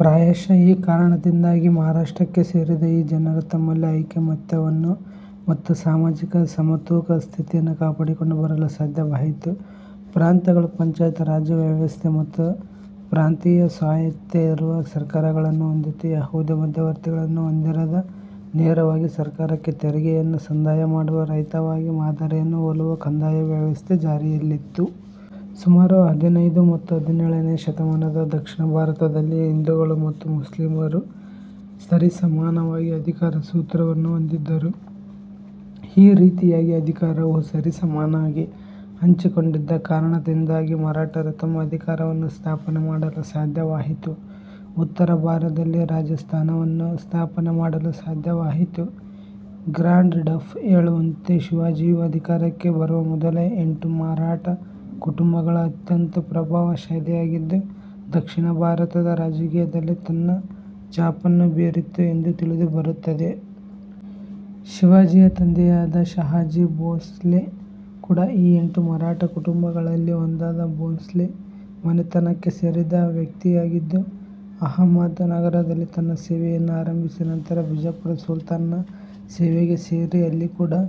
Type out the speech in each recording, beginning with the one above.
ಪ್ರಾಯಶಃ ಈ ಕಾರಣದಿಂದಾಗಿಯೇ ಮಹಾರಾಷ್ಟ್ರಕ್ಕೆ ಸೇರಿದ ಈ ಜನರು ತಮ್ಮಲ್ಲಿ ಐಕ್ಯಮತ್ಯವನ್ನು ಮತ್ತು ಸಾಮಾಜಿಕ ಸಮತೂಕ ಸ್ಥಿತಿಯನ್ನು ಕಾಪಾಡಿಕೊಂಡು ಬರಲು ಸಾಧ್ಯವಾಯಿತು. ಪ್ರಾಂತ್ಯಗಳು ಪಂಚಾಯತ್ ರಾಜ್ಯವ್ಯವಸ್ಥೆ ಮತ್ತು ಪ್ರಾಂತೀಯ ಸ್ವಾಯತ್ತೆ ಇರುವ ಸರಕಾರಗಳನ್ನು ಹೊಂದಿತ್ತು. ಯಾವುದೇ ಮಧ್ಯವರ್ತಿಗಳನ್ನು ಹೊಂದಿರದ, ನೇರವಾಗಿ ಸರಕಾರಕ್ಕೆ ತೆರಿಗೆಯನ್ನು ಸಂದಾಯ ಮಾಡುವ, ರೈತವಾಗಿ ಮಾದರಿಯನ್ನು ಹೋಲುವ ಕಂದಾಯ ವ್ಯವಸ್ಥೆ ಜಾರಿಯಲ್ಲಿತ್ತು. ಸುಮಾರು ಹದಿನೈದು ಮತ್ತು ಹದಿನೇಳನೆಯ ಶತಮಾನದ ದಕ್ಷಿಣ ಭಾರತದಲ್ಲಿ ಹಿಂದುಗಳು ಮತ್ತು ಮುಸ್ಲಿಮರು ಸರಿಸಮಾನವಾಗಿ ಅಧಿಕಾರ ಸೂತ್ರವನ್ನು ಹೊಂದಿದ್ದರು. ಈ ರೀತಿಯಾಗಿ ಅಧಿಕಾರವು ಸರಿಸಮನಾಗಿ ಹಂಚಿಕೊಂಡಿದ್ದ ಕಾರಣದಿಂದಾಗಿ ಮರಾಠರು ತಮ್ಮ ಅಧಿಕಾರವನ್ನು ಸ್ಥಾಪನೆ ಮಾಡಲು ಸಾಧ್ಯವಾಯಿತು. ಉತ್ತರ ಭಾರದಲ್ಲಿ ರಾಜಸ್ಥಾನವನ್ನು ಸ್ಥಾಪನೆ ಮಾಡಲು ಸಾಧ್ಯವಾಯಿತು. ಗ್ರಾಂಡ್ ಢಪ್ ಹೇಳುವಂತೆ ಶಿವಾಜಿಯು ಅಧಿಕಾರಕ್ಕೆ ಬರುವ ಮೊದಲೇ ಎಂಟು ಮರಾಠ ಕುಟುಂಬಗಳು ಅತ್ಯಂತ ಪ್ರಭಾವಶಾಲಿಯಾಗಿದ್ದು ದಕ್ಷಿಣ ಭಾರತದ ರಾಜಕೀಯದಲ್ಲಿ ತನ್ನ ಛಾಪನ್ನು ಬೀರಿತ್ತು ಎಂದು ತಿಳಿದು ಬರುತ್ತದೆ. ಶಿವಾಜಿಯ ತಂದೆಯಾದ ಷಹಾಜಿ ಬೋಂಸ್ಲೆ ಕೂಡಾ ಈ ಎಂಟು ಮರಾಠ ಕುಟುಂಬಗಳಲ್ಲಿ ಒಂದಾದ ಭೋಂಸ್ಲೆ ಮನೆತನಕ್ಕೆ ಸೇರಿದ ವ್ಯಕ್ತಿಯಾಗಿದ್ದು, ಅಹಮದ್ ನಗರದಲ್ಲಿ ತನ್ನ ಸೇವೆಯನ್ನು ಆರಂಭಿಸಿ ನಂತರ ಬಿಜಾಪುರ ಸುಲ್ತಾನನ ಸೇವೆಗೆ ಸೇರಿ ಅಲ್ಲಿ ಕೂಡಾ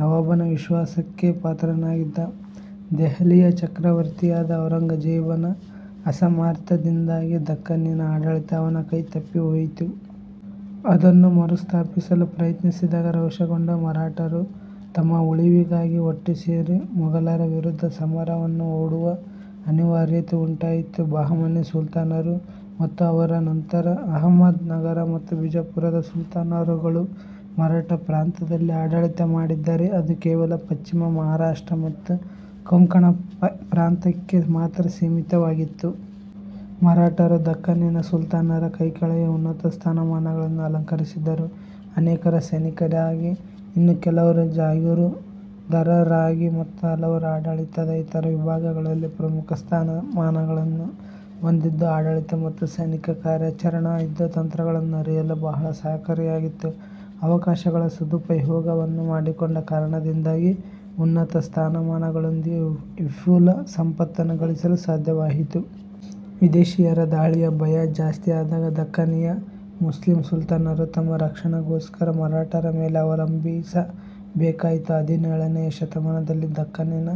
ನವಾಬನ ವಿಶ್ವಾಸಕ್ಕೆ ಪಾತ್ರನಾಗಿದ್ದ. ದೆಹಲಿಯ ಚಕ್ರವರ್ತಿಯಾದ ಔರಂಗಜೇಬನ ಅಸಾಮರ್ಥ್ಯದಿಂದಾಗಿ ದಖ್ಖನಿನ ಆಡಳಿತ ಅವನೆ ಕೈ ತಪ್ಪಿಹೋಯಿತು. ಅದನ್ನು ಮರುಸ್ಥಾಪಿಸಲು ಪ್ರಯತ್ನಿಸಿದಾಗ ರೋಷಗೊಂಡ ಮರಾಠರು ತಮ್ಮ ಉಳಿವಿಗಾಗಿ ಒಟ್ಟು ಸೇರಿ ಮೊಗಲರ ವಿರುದ್ಧ ಸಮರವನ್ನು ಹೂಡುವ ಅನಿವಾರ್ಯತೆ ಉಂಟಾಯಿತು. ಬಹಮನಿ ಸುಲ್ತಾನರು ಮತ್ತು ಅವರ ನಂತರ ಅಹಮ್ಮದ್ ನಗರ ಮತ್ತು ಬಿಜಾಪುರದ ಸುಲ್ತಾನರುಗಳು ಮರಾಠ ಪ್ರಾಂತ್ಯದಲ್ಲಿ ಆಡಳಿತ ಮಾಡಿದ್ದರೆ ಅದು ಕೇವಲ ಪಶ್ಚಿಮ ಮಹಾರಾಷ್ಟ್ರ ಮತ್ತು ಕೊಂಕಣ ಪ್ರಾಂತ್ಯಕ್ಕೆ ಮಾತ್ರ ಸೀಮಿತವಾಗಿತ್ತು. ಮರಾಠರು ದಖ್ಖನ್ನಿನ ಸುಲ್ತಾನರ ಕೈಕೆಳಗೆ ಉನ್ನತ ಸ್ಥಾನಮಾನಗಳನ್ನು ಅಲಂಕರಿಸಿದ್ದರು. ಅನೇಕರು ಸೈನಿಕರಾಗಿ, ಇನ್ನು ಕೆಲವರು ಜಾಗೀರುದಾರರಾಗಿ ಮತ್ತು ಹಲವರು ಆಡಳಿತದ ಇತರ ವಿಭಾಗಗಳಲ್ಲಿ ಪ್ರಮುಖ ಸ್ಥಾನ ಮಾನಗಳನ್ನು ಹೊಂದಿದ್ದು ಆಡಳಿತ ಮತ್ತು ಸೈನಿಕ ಕಾರ್ಯಾಚರಣ, ಯುದ್ಧ ತಂತ್ರಗಳನ್ನು ಅರಿಯಲು ಬಹಳ ಸಹಕಾರಿಯಾಗಿತ್ತು. ಅವಕಾಶಗಳ ಸದುಪಯೋಗವನ್ನು ಮಾಡಿಕೊಂಡ ಕಾರಣದಿಂದಾಗಿ ಉನ್ನತ ಸ್ಥಾನಮಾನಗಳೊಂದಿಗೆ ವಿಪುಲ ಸಂಪತ್ತನ್ನು ಗಳಿಸಲು ಸಾಧ್ಯವಾಯಿತು. ವಿದೇಶಿಯರ ದಾಳಿಯ ಭಯ ಜಾಸ್ತಿಯಾದಾಗ ದಖ್ಖನಿಯ ಮುಸ್ಲಿಮ್ ಸುಲ್ತಾನರು ತಮ್ಮ ರಕ್ಷಣೆಗೋಸ್ಕರ ಮರಾಠರ ಮೇಲೆ ಅವಲಂಬಿಸಬೇಕಾಯಿತು. ಹದಿನೇಳನೆಯ ಶತಮಾನದಲ್ಲಿ ದಖ್ಖನಿನ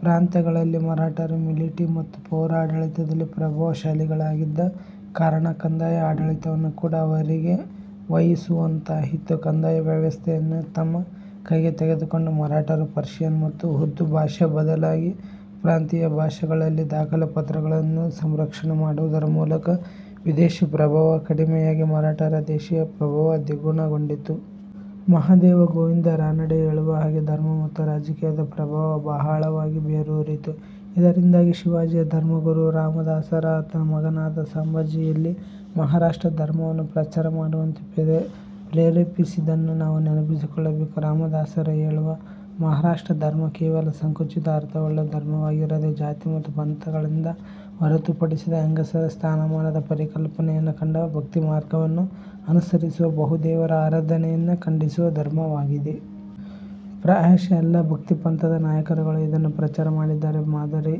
ಪ್ರಾಂತ್ಯಗಳಲ್ಲಿ ಮರಾಠರು ಮಿಲಿಟಿ ಮತ್ತು ಪೌರ ಆಡಳಿತದಲ್ಲಿ ಪ್ರಭಾವಶಾಲಿಗಳಾಗಿದ್ದ ಕಾರಣ ಕಂದಾಯ ಆಡಳಿತವನ್ನು ಕೂಡಾ ಅವರಿಗೇ ವಹಿಸುವಂತಾಯ್ತು. ಕಂದಾಯ ವ್ಯವಸ್ಥೆಯನ್ನು ತಮ್ಮ ಕೈಗೆ ತೆಗೆದುಕೊಂಡ ಮರಾಠರು ಪರ್ಶಿಯನ್ ಮತ್ತು ಉರ್ದು ಭಾಷೆಯ ಬದಲಾಗಿ ಪ್ರಾಂತೀಯ ಭಾಷೆಗಳಲ್ಲಿ ದಾಖಲೆ ಪತ್ರಗಳನ್ನು ಸಂರಕ್ಷಣೆ ಮಾಡುವುದರ ಮೂಲಕ ವಿದೇಶಿ ಪ್ರಭಾವ ಕಡಿಮೆಯಾಗಿ ಮರಾಠರ ದೇಶಿಯ ಪ್ರಭಾವ ದ್ವಿಗುಣಗೊಂಡಿತು. ಮಹಾದೇವ ಗೋವಿಂದ ರಾನಡೆ ಹೇಳುವ ಹಾಗೆ ಧರ್ಮ ಮತ್ತು ರಾಜಕೀಯದ ಪ್ರಭಾವ ಬಹಳವಾಗಿ ಬೇರೂರಿತ್ತು. ಇದರಿಂದಾಗಿ ಶಿವಾಜಿಯ ಧರ್ಮಗುರು ರಾಮದಾಸರು ಆತನ ಮಗನಾದ ಸಾಂಬಾಜಿಯಲ್ಲಿ ಮಹಾರಾಷ್ಟ್ರ ಧರ್ಮವನ್ನು ಪ್ರಚಾರ ಮಾಡುವಂತೆ ಪ್ರೇರೆಪಿಸಿದ್ದನ್ನು ನಾವು ನೆನಪಿಸಿಕೊಳ್ಳಬೇಕು. ರಾಮದಾಸರು ಹೇಳುವ ಮಹಾರಾಷ್ಟ್ರ ಧರ್ಮ ಕೇವಲ ಸಂಕುಚಿತ ಅರ್ಥವುಳ್ಳ ಧರ್ಮವಾಗಿರದೆ ಜಾತಿ ಮತ ಪಂಥಗಳಿಂದ ಹೊರತುಪಡಿಸಿದ, ಹೆಂಗಸರ ಸ್ಥಾನಮಾನದ ಪರಿಕಲ್ಪನೆಯನ್ನು ಕಂಡ, ಭಕ್ತಿಮಾರ್ಗವನ್ನು ಅನುಸರಿಸುವ, ಬಹುದೇವರ ಆರಾಧನೆಯನ್ನು ಖಂಡಿಸುವ ಧರ್ಮವಾಗಿದೆ. ಪ್ರಾಯಶಃ ಎಲ್ಲ ಭಕ್ತಿಪಂಥದ ನಾಯಕರುಗಳು ಇದನ್ನು ಪ್ರಚಾರ ಮಾಡಿದ್ದಾರೆ. ಮಾದರಿ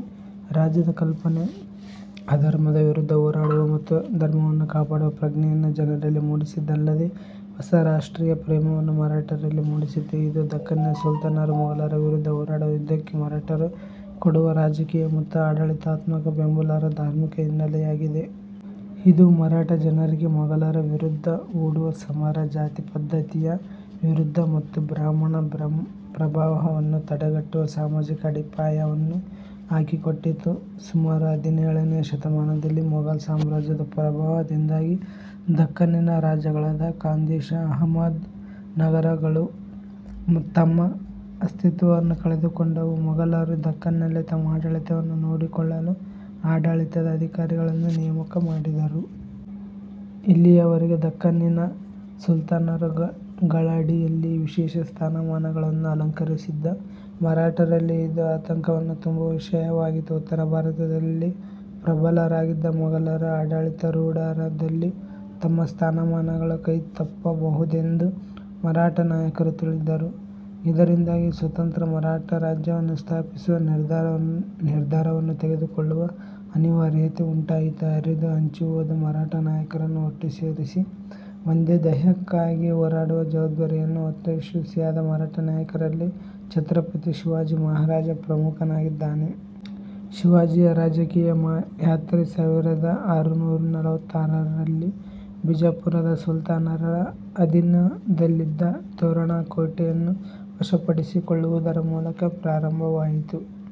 ರಾಜ್ಯದ ಕಲ್ಪನೆ, ಅಧರ್ಮದ ವಿರುದ್ಧ ಹೋರಾಡುವ ಮತ್ತು ಧರ್ಮವನ್ನು ಕಾಪಾಡುವ ಪ್ರಜ್ಞೆಯನ್ನು ಜನರಲ್ಲಿ ಮೂಡಿಸಿದ್ದಲ್ಲದೆ ಹೊಸ ರಾಷ್ಟ್ರೀಯ ಪ್ರೇಮವನ್ನು ಮರಾಠರಲ್ಲಿ ಮೂಡಿಸಿತು. ಇದು ದಖ್ಖನಿನ ಸುಲ್ತಾನರು ಮೊಗಲರ ವಿರುದ್ಧ ಹೋರಾಡುವ ಯುದ್ಧಕ್ಕೆ ಮರಾಠರು ಕೊಡುವ ರಾಜಕೀಯ ಮತ್ತು ಆಡಳಿತಾತ್ಮಕ ಬೆಂಬಲರ ಧಾರ್ಮಿಕ ಹಿನ್ನೆಲೆಯಾಗಿದೆ. ಇದು ಮರಾಠ ಜನರಿಗೆ ಮೊಗಲರ ವಿರುದ್ಧ ಹೂಡುವ ಸಮರ, ಜಾತಿಪದ್ಧತಿಯ ವಿರೋಧ ಮತ್ತು ಬ್ರಾಹ್ಮಣ ಪ್ರಭಾವವನ್ನು ತಡೆಗಟ್ಟುವ ಸಾಮಾಜಿಕ ಅಡಿಪಾಯವನ್ನು ಹಾಕಿ ಕೊಟ್ಟಿತು. ಸುಮಾರು ಹದಿನೇಳನೆಯ ಶತಮಾನದಲ್ಲಿ ಮೊಗಲ್ ಸಾಮ್ರಾಜ್ಯದ ಪ್ರಭಾವದಿಂದಾಗಿ ದಖ್ಖನ್ನಿನ ರಾಜ್ಯಗಳಾದ ಖಾಂದೇಶ, ಅಹಮ್ಮದ್ ನಗರಗಳು ತಮ್ಮ ಅಸ್ತಿತ್ವವನ್ನು ಕಳೆದುಕೊಂಡವು. ಮೊಗಲರು ದಖ್ಖನಿನಲ್ಲಿ ತಮ್ಮ ಆಡಳಿತವನ್ನು ನೋಡಿಕೊಳ್ಳಲು ಆಡಳಿತದ ಅಧಿಕಾರಿಗಳನ್ನು ನೇಮಕ ಮಾಡಿದರು. ಇಲ್ಲಿಯವರೆಗೆ ದಖ್ಖನ್ನಿನ ಸುಲ್ತಾನರುಗಳಡಿಯಲ್ಲಿ ವಿಶೇಷ ಸ್ಥಾನಮಾನಗಳನ್ನು ಅಲಂಕರಿಸಿದ್ದ ಮರಾಠರಲ್ಲಿ ಇದು ಆತಂಕವನ್ನು ತುಂಬುವ ವಿಷಯವಾಗಿತ್ತು. ಉತ್ತರ ಭಾರತದಲ್ಲಿ ಪ್ರಬಲರಾಗಿದ್ದ ಮೊಗಲರು ಆಡಳಿತಾರೂಢರಾದಲ್ಲಿ ತಮ್ಮ ಸ್ಥಾನಮಾನಗಳು ಕೈ ತಪ್ಪಬಹುದೆಂದು ಮರಾಠ ನಾಯಕರು ತಿಳಿದರು. ಇದರಿಂದಾಗಿ ಸ್ವತಂತ್ರ ಮರಾಠ ರಾಜ್ಯವನ್ನು ಸ್ಥಾಪಿಸುವ ನಿರ್ಧಾರವನ್ನು ತೆಗೆದುಕೊಳ್ಳುವ ಅನಿವಾರ್ಯತೆ ಉಂಟಾಯಿತು. ಹರಿದು ಹಂಚಿ ಹೋದ ಮರಾಠ ನಾಯಕರನ್ನು ಒಟ್ಟು ಸೇರಿಸಿ ಒಂದೇ ಧ್ಯೇಯಕ್ಕಾಗಿ ಹೋರಾಡುವ ಜವಾಬ್ದಾರಿಯನ್ನು ಹೊತ್ತು ಯಶಸ್ವಿಯಾದ ಮರಾಠ ನಾಯಕರಲ್ಲಿ ಛತ್ರಪತಿ ಶಿವಾಜಿ ಮಹಾರಾಜ ಪ್ರಮುಖನಾಗಿದ್ದಾನೆ. ಶಿವಾಜಿಯ ರಾಜಕೀಯ ಯಾತ್ರೆ ಸಾವಿರದ ಆರುನೂರಾ ನಲವತ್ತಾರರಲ್ಲಿ ಬಿಜಾಪುರದ ಸುಲ್ತಾನರ ಅಧೀನದಲ್ಲಿದ್ದ ತೋರಣಕೋಟೆಯನ್ನು ವಶಪಡಿಸಿಕೊಳ್ಳುವುದರ ಮೂಲಕ ಪ್ರಾರಂಭವಾಯಿತು.